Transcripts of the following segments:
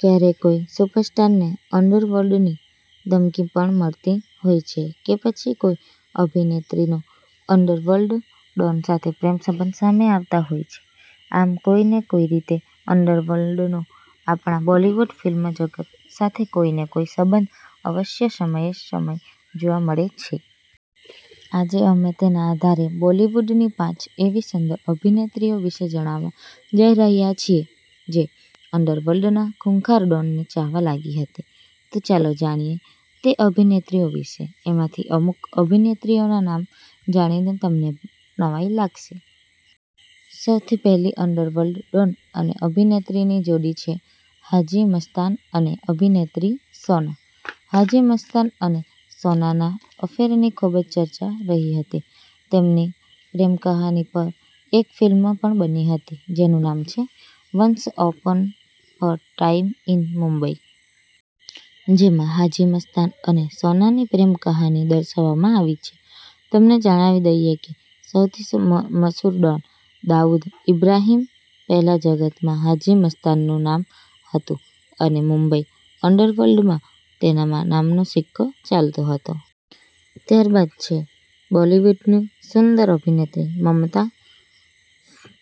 ક્યારે કોઈ સુપરસ્ટાર ને અંડરવર્લ્ડની ધમકી પણ મળતી હોય છે કે પછી કોઈ અભિનેત્રી નો અન્ડરવર્લ્ડ ડોન સાથે પ્રેમ સંબંધ સામે આવતા હોય છે. આમ કોઈને કોઈ રીતે અંડરવર્લ્ડનો આપણા બોલિવૂડ ફિલ્મ જગત સાથે કોઈ ને કોઈ સંબંધ અવશ્ય સમયે સમય જોવા મળે છે. આજે અમે તેના આધારે બોલીવુડની પાંચ એવી સુંદર અભિનેત્રીઓ વિશે જણાવવા જઈ રહ્યા છીએ જે અંડરવર્લ્ડના ખૂંખાર ડોન ને ચાહવા લાગી હતી. તો ચાલો જાણીએ તે અભિનેત્રીઓ વિશે. એમાંથી અમુક અભિનેત્રીઓના નામ જાણીને તમને નવાઈ લાગશે. સૌથી પહેલી અંડરવર્લ્ડ ડોન અને અભિનેત્રીની જોડી છે, હાજી મસ્તાન અને અભિનેત્રી સોના. હાજી મસ્તાન અને સોનાના અફેરની ખૂબ જ ચર્ચા રહી હતી. તેમની પ્રેમ કહાની પર એક ફિલ્મ પણ બની હતી જેનું નામ છે," once upon a time in Mumbai". જેમાં હાજી મસ્તાન અને સોનાની પ્રેમ કહાની દર્શાવવામાં આવી છે. તમને જણાવી દઈએ કે સૌથી મસુર ડોન દાઉદ ઈબ્રાહીમ પહેલા જગતમાં હાજી મસ્તાન નું નામ હતું અને મુંબઇ અંડરવર્લ્ડમાં તેના નામનો સિક્કો ચાલતો હતો. ત્યારબાદ છે બોલિવૂડની સુંદર અભિનેત્રી મમતા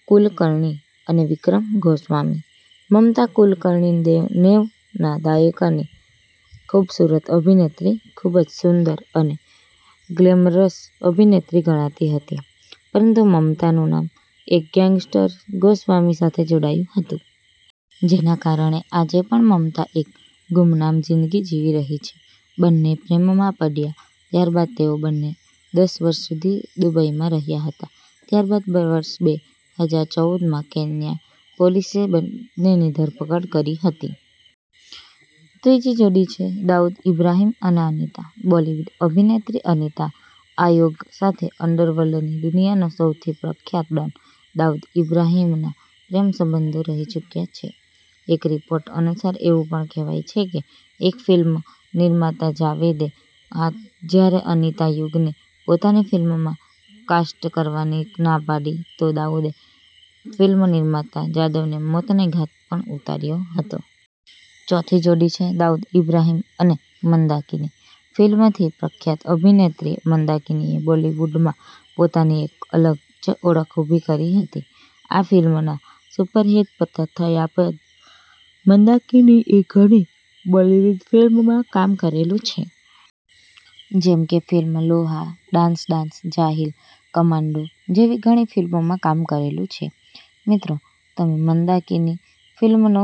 કુલકર્ણી અને વિક્રમ ગોસ્વામી. મમતા કુલકર્ણી નેવ ના દાયકાની ખૂબસૂરત અભિનેત્રી ખૂબ જ સુંદર અને ગ્લેમરસ અભિનેત્રી ગણાતી હતી. પરંતુ મમતાનું નામ એક ગેંગસ્ટર ગોસ્વામી સાથે જોડાયું હતું. જેના કારણે આજે પણ મમતા એક ગુમનામ જીંદગી જીવી રહી છે. બન્ને પ્રેમમાં પડ્યા ત્યારબાદ તેઓ બંને દસ વર્ષ સુધી દુબઈમાં રહ્યા હતા ત્યારબાદ વર્ષ બે હજાર ચૌદમાં કેન્યા પોલીસે બંનેની ધરપકડ કરી હતી. ત્રીજી જોડી છે દાઉદ ઈબ્રાહીમ અને અનિતા. બોલિવૂડ અભિનેત્રી અનિતા આયોગ સાથે અંડરર્લ્ડ ની દુનિયા નો સૌથી પ્રખ્યાત ડોન દાઉદ ઈબ્રાહિમના પ્રેમસંબંધો રહી ચૂક્યા છે. એક રિપોર્ટ અનુસાર એવું પણ કહેવાય છે કે એક ફિલ્મ નિર્માતા જાવેદે જ્યારે અનિતા યુગને પોતાની ફિલ્મમાં કાસ્ટ કરવાની ના પાડી તો દાઉદે ફિલ્મનિર્માતા જાવેદને મોતને ઘાટ પણ ઉતાર્યો હતો. ચોથી જોડી છે દાઉદ ઈબ્રાહીમ અને મંદાકિની. ફિલ્મ થી પ્રખ્યાત અભિનેત્રી મંદાકિનીએ બોલિવૂડમાં પોતાની એક અલગ જ ઓળખ ઊભી કરી હતી. આ ફિલ્મના સુપર હિટ થયા બાદ મંદાકિની એ ઘણી બોલિવૂડ ફિલ્મોમાં કામ કરેલું છે. જેમકે ફિલ્મ લોહા, ડાન્સ ડાન્સ, જાહિલ, કમાન્ડો જેવી ઘણી ફિલ્મોમાં કામ કરેલું છે. મિત્રો તમે મંદાકિની ફિલ્મનો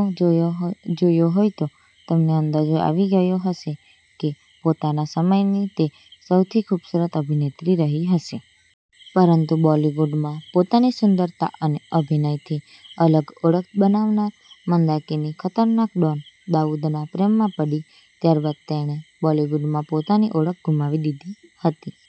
જોયો હોય તો તમને અંદાજો આવી ગયો હશે કે પોતાના સમયની તે સૌથી ખૂબસૂરત અભિનેત્રી રહી હશે. પરંતુ બોલિવૂડમાં પોતાની સુંદરતા અને અભિનયથી અલગ ઓળખ બનાવનાર મંદાકિની ખતરનાક ડોન દાઉદના પ્રેમમાં પડી ત્યારબાદ તેણે બોલિવૂડમાં પોતાની ઓળખ ગુમાવી દીધી હતી.